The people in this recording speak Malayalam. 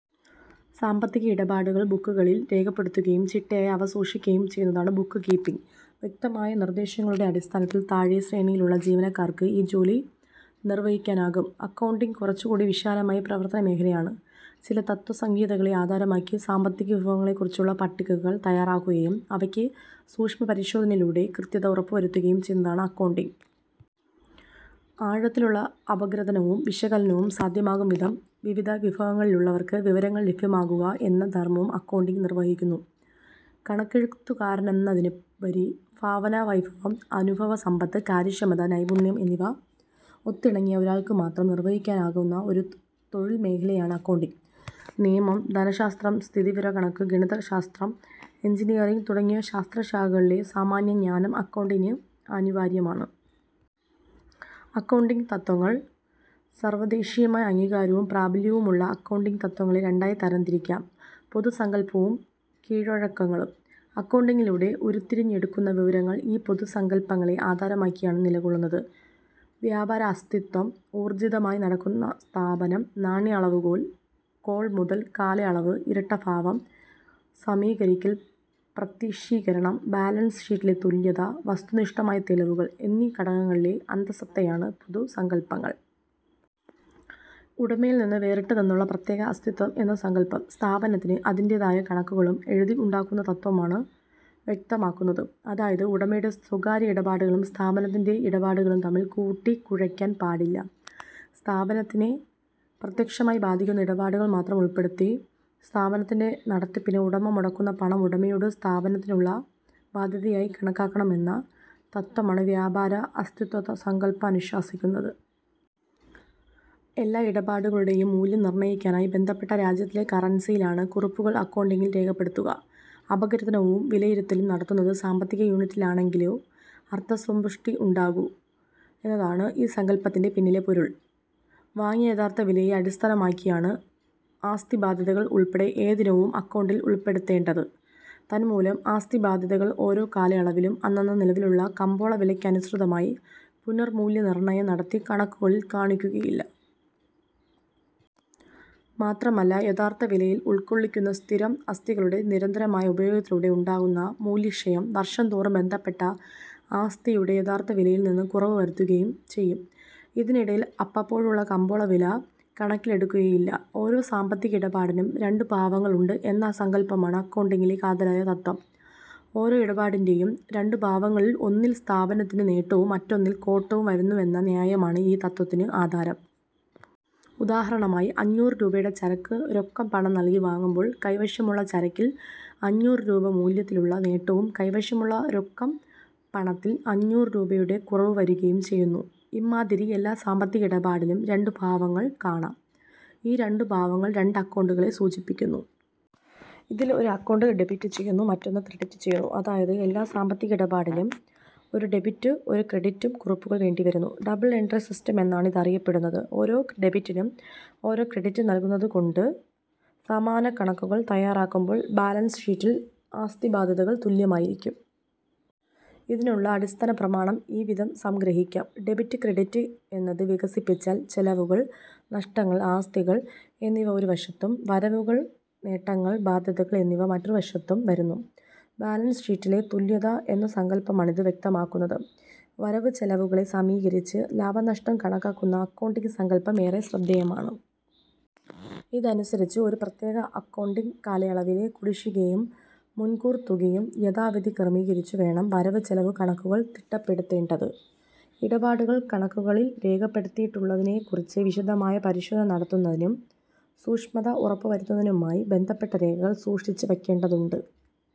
സാമ്പത്തിക ഇടപാടുകൾ ബുക്കുകളിൽ രേഖപ്പെടുത്തുകയും ചിട്ടയായി അവ സൂക്ഷിക്കുകയും ചെയ്യുന്നതാണ് ബുക്ക് കീപ്പിങ്. വ്യക്തമായ നിർദ്ദേശങ്ങളുടെ അടിസ്ഥാനത്തിൽ താഴെ ശ്രേണിയിലുള്ള ജീവനക്കാർക്ക് ഈ ജോലി നിർവഹിക്കാനാകും. അക്കൗണ്ടിംഗ് കുറച്ചുകൂടി വിശാലമായ പ്രവർത്തനമേഖലയാണ്. ചില തത്ത്വസംഗീ തകളെ ആധാരമാക്കി, സാമ്പത്തിക വിഭവങ്ങളെക്കുറിച്ചുള്ള പട്ടികകൾ തയ്യാറാക്കുകയും അവയ്ക്ക് സൂക്ഷ്മപരിശോധനയിലൂടെ കൃത്യത ഉറപ്പുവരുത്തുകയും ചെയ്യുന്നതാണ് അക്കൗണ്ടിംഗ്. ആഴത്തിലുള്ള അപഗ്രഥനവും വിശകലനവും സാധ്യമാകുംവിധം വിവിധ വിഭവ ങ്ങളിലുള്ളവർക്ക് വിവരങ്ങൾ ലഭ്യമാക്കുക എന്ന ധർമവും അക്കൗണ്ടിംഗ് നിർവഹിക്കുന്നു. കണക്കെഴുത്തുകാരനെന്നതിനുപരി ഭാവനാവൈഭവം, അനുഭവസമ്പത്ത്, കാര്യക്ഷമത, നൈപുണ്യം എന്നിവ ഒത്തിണങ്ങിയ ഒരാൾക്കുമാത്രം നിർവഹിക്കാനാകുന്ന ഒരു തൊഴിൽമേഖലയാണ് അക്കൗണ്ടിംഗ്. നിയമം, ധനശാസ്ത്രം, സ്ഥിതിവിവരക്കണക്ക്, ഗണിതശാസ്ത്രം, എഞ്ചിനീയറിങ് തുടങ്ങിയ ശാസ്ത്രശാഖകളിലെ സാമാന്യജ്ഞാനം അക്കൗണ്ടന്റിന് അനിവാര്യമാണ്. അക്കൗണ്ടിംഗ് തത്ത്വങ്ങൾ സാർവദേശീയമായി അംഗീകാരവും പ്രാബല്യവുമുള്ള അക്കൗണ്ടിംഗ് തത്ത്വങ്ങളെ രണ്ടായി തരംതിരിക്കാം. പൊതുസങ്കല്പവും കീഴ്വഴക്കങ്ങളും. അക്കൗണ്ടിംഗിലൂടെ ഉരുത്തിരിച്ചെടുക്കുന്ന വിവരങ്ങൾ ഈ പൊതുസങ്കല്പങ്ങളെ ആധാരമാക്കിയാണ് നിലകൊള്ളുന്നത്. വ്യാപാര അസ്തിത്വം, ഊർജ്ജിതമായി നടക്കുന്ന സ്ഥാപനം, നാണ്യ അളവുകോൽ, കോൾ മുതൽ, കാലയളവ്, ഇരട്ടഭാവം, സമീകരിക്കൽ, പ്രത്യക്ഷീകരണം, ബാലൻസ് ഷീറ്റിലെ തുല്യത, വസ്തുനിഷ്ഠമായ തെളിവുകൾ എന്നീ ഘടകങ്ങളിലെ അന്തഃസത്തയാണ് പൊതുസങ്കല്പങ്ങൾ. ഉടമയിൽനിന്ന് വേറിട്ട് നിന്നുള്ള പ്രത്യേക അസ്തിത്വം എന്ന സങ്കല്പം, സ്ഥാപനത്തിന് അതിൻ്റെതായ കണക്കുകളും എഴുതി ഉണ്ടാക്കുന്ന തത്ത്വമാണ് വ്യക്തമാക്കുന്നത്. അതായത്, ഉടമയുടെ സ്വകാര്യ ഇടപാടുകളും സ്ഥാപനത്തിൻ്റെ ഇടപാടുകളും തമ്മിൽ കൂട്ടിക്കുഴയ്ക്കാൻ പാടില്ല. സ്ഥാപനത്തിനെ പ്രത്യക്ഷമായി ബാധിക്കുന്ന ഇടപാടുകൾ മാത്രം ഉൾപ്പെടുത്തി, സ്ഥാപനത്തിൻ്റെ നടത്തിപ്പിന് ഉടമ മുടക്കുന്ന പണം ഉടമയോട് സ്ഥാപനത്തിനുള്ള ബാദ്ധ്യതയായി കണക്കാക്കണമെന്ന തത്ത്വമാണ് വ്യാപാര അസ്തിത്വ സങ്കല്പം അനുശാസിക്കുന്നത്. എല്ലാ ഇടപാടുകളുടേയും മൂല്യം നിർണയിക്കാനായി ബന്ധപ്പെട്ട രാജ്യത്തിലെ കറൻസിയിലാണ് കുറിപ്പുകൾ അക്കൗണ്ടിംഗിൽ രേഖപ്പെടുത്തുക. അപഗ്രഥനവും വിലയിരുത്തലും നടത്തുന്നത് സാമ്പത്തിക യൂണിറ്റിലാണെങ്കിലോ അർത്ഥസമ്പുഷ്ടി ഉണ്ടാകൂ എന്നതാണ് ഈ സങ്കല്പത്തിൻ്റെ പിന്നിലെ പൊരുൾ. വാങ്ങിയ യഥാർഥ വിലയെ അടിസ്ഥാനമാക്കിയാണ് ആസ്തിബാദ്ധ്യതകൾ ഉൾപ്പെടെ ഏതിനവും അക്കൗണ്ടിംഗിൽ ഉൾപ്പെടുത്തേണ്ടത്. തന്മൂലം, ആസ്തിബാദ്ധ്യതകൾ ഓരോ കാലയളവിലും അന്നന്ന് നിലവിലുള്ള കമ്പോളവിലയ്ക്കനുസൃതമായി പുനർമൂല്യനിർണയം നടത്തി കണക്കുകളിൽ കാണിക്കുകയില്ല. മാത്രമല്ല യഥാർഥവിലയിൽ ഉൾക്കൊള്ളിക്കുന്ന സ്ഥിരം അ സ്തികളുടെ നിരന്തരമായ ഉപയോഗത്തിലൂടെ ഉണ്ടാകുന്ന മൂല്യക്ഷയം വർഷംതോറും ബന്ധപ്പെട്ട ആസ്തിയുടെ യഥാർഥവിലയിൽ നിന്ന് കുറവ് വരുത്തുകയും ചെയ്യും. ഇതിനിടയിൽ അപ്പപ്പോഴുള്ള കമ്പോളവില കണക്കിലെടുക്കുകയില്ല. ഓരോ സാമ്പത്തിക ഇടപാടിനും രണ്ടുപാ വങ്ങൾ ഉണ്ട് എന്ന സങ്കല്പമാണ് അക്കൗണ്ടിംഗിലെ കാതലായ തത്ത്വം. ഓരോ ഇടപാടിൻ്റെയും രണ്ടുഭാവങ്ങളിൽ ഒന്നിൽ സ്ഥാപനത്തിന് നേട്ടവും മറ്റൊന്നിൽ കോട്ടവും വരുന്നുവെന്ന ന്യായമാണ് ഈ തത്ത്വത്തിന് ആധാരം. ഉദാഹരണമായി, അഞ്ഞൂറ് രൂപയുടെ ചരക്ക് രൊക്കം പണം നൽകി വാങ്ങുമ്പോൾ കൈവശമുള്ള ചരക്കിൽ അഞ്ഞൂറ് രൂപ മൂല്യത്തിലുള്ള നേട്ടവും കൈവശമുള്ള രൊക്കം പണത്തിൽ അഞ്ഞൂറ് രൂപയുടെ കുറവുവരികയും ചെയ്യുന്നു. ഇമ്മാതിരി എല്ലാ സാമ്പത്തിക ഇടപാടിലും രണ്ടു ഭാവങ്ങൾ കാണാം. ഈ രണ്ടു ഭാവങ്ങൾ രണ്ട് അക്കൗണ്ടുകളെ സൂചിപ്പിക്കുന്നു. ഇതിൽ ഒരു അക്കൗണ്ട് ഡെബിറ്റ് ചെയ്യുന്നു; മറ്റൊന്ന് ക്രെഡിറ്റ് ചെയ്യുന്നു. അതായത് എല്ലാ സാമ്പത്തിക ഇടപാടിലും ഒരു ഡെബിറ്റ് ഒരു ക്രെഡിറ്റും കുറിപ്പുകൾ വേണ്ടിവരുന്നു. Double entry സിസ്റ്റമെന്നാണ് ഇതറിയപ്പെടുന്നത്. ഓരോ ഡെബിറ്റിനും ഓരോ ക്രെഡിറ്റ് നൽകുന്നതുകൊണ്ട് സമാനകണക്കുകൾ തയ്യാറാക്കുമ്പോൾ ബാലൻസ് ഷീറ്റിൽ ആസ്തിബാദ്ധ്യതകൾ തുല്യമായിരിക്കും. ഇതിനുള്ള അടിസ്ഥനപ്രമാണം ഈ വിധം സംഗ്രഹിക്കാം. ഡെബിറ്റ് ക്രെഡിറ്റ് എന്നത് വികസിപ്പിച്ചാൽ ചെലവുകൾ, നഷ്ടങ്ങൾ, ആസ്തികൾ എന്നിവ ഒരു വശത്തും, വരവുകൾ, നേട്ടങ്ങൾ, ബാദ്ധ്യതകൾ എന്നിവ മറുവശത്തും വരുന്നു. ബാലൻസ് ഷീറ്റിലെ തുല്യത എന്ന സങ്കല്പമാണ് ഇത് വ്യക്തമാക്കുന്നത്. വരവുചെലവുകളെ സമീകരിച്ച് ലാഭനഷ്ടം കണക്കാക്കുന്ന അക്കൗണ്ടിംഗ് സങ്കല്പം ഏറെ ശ്രദ്ധേയമാണ്. ഇതനുസരിച്ച് ഒരു പ്രത്യേക അക്കൗണ്ടിംഗ് കാലയളവിലെ കുടിശ്ശികയും മുൻകൂർതുകയും യഥാവിധി ക്രമീകരിച്ചു വേണം വരവ് ചെലവ് കണക്കുകൾ തിട്ടപ്പെടുത്തേണ്ടത്. ഇടപാടുകൾ കണക്കുകളിൽ രേഖപ്പെടുത്തിയിട്ടുള്ളതിനെക്കുറിച്ച് വിശദമായ പരിശോധന നടത്തുന്നതിനും സൂക്ഷ്മത ഉറപ്പുവരുത്തുന്നതിനുമായി ബന്ധപ്പെട്ട രേഖകൾ സൂക്ഷിച്ചു വയ്ക്കേണ്ടതുണ്ട്.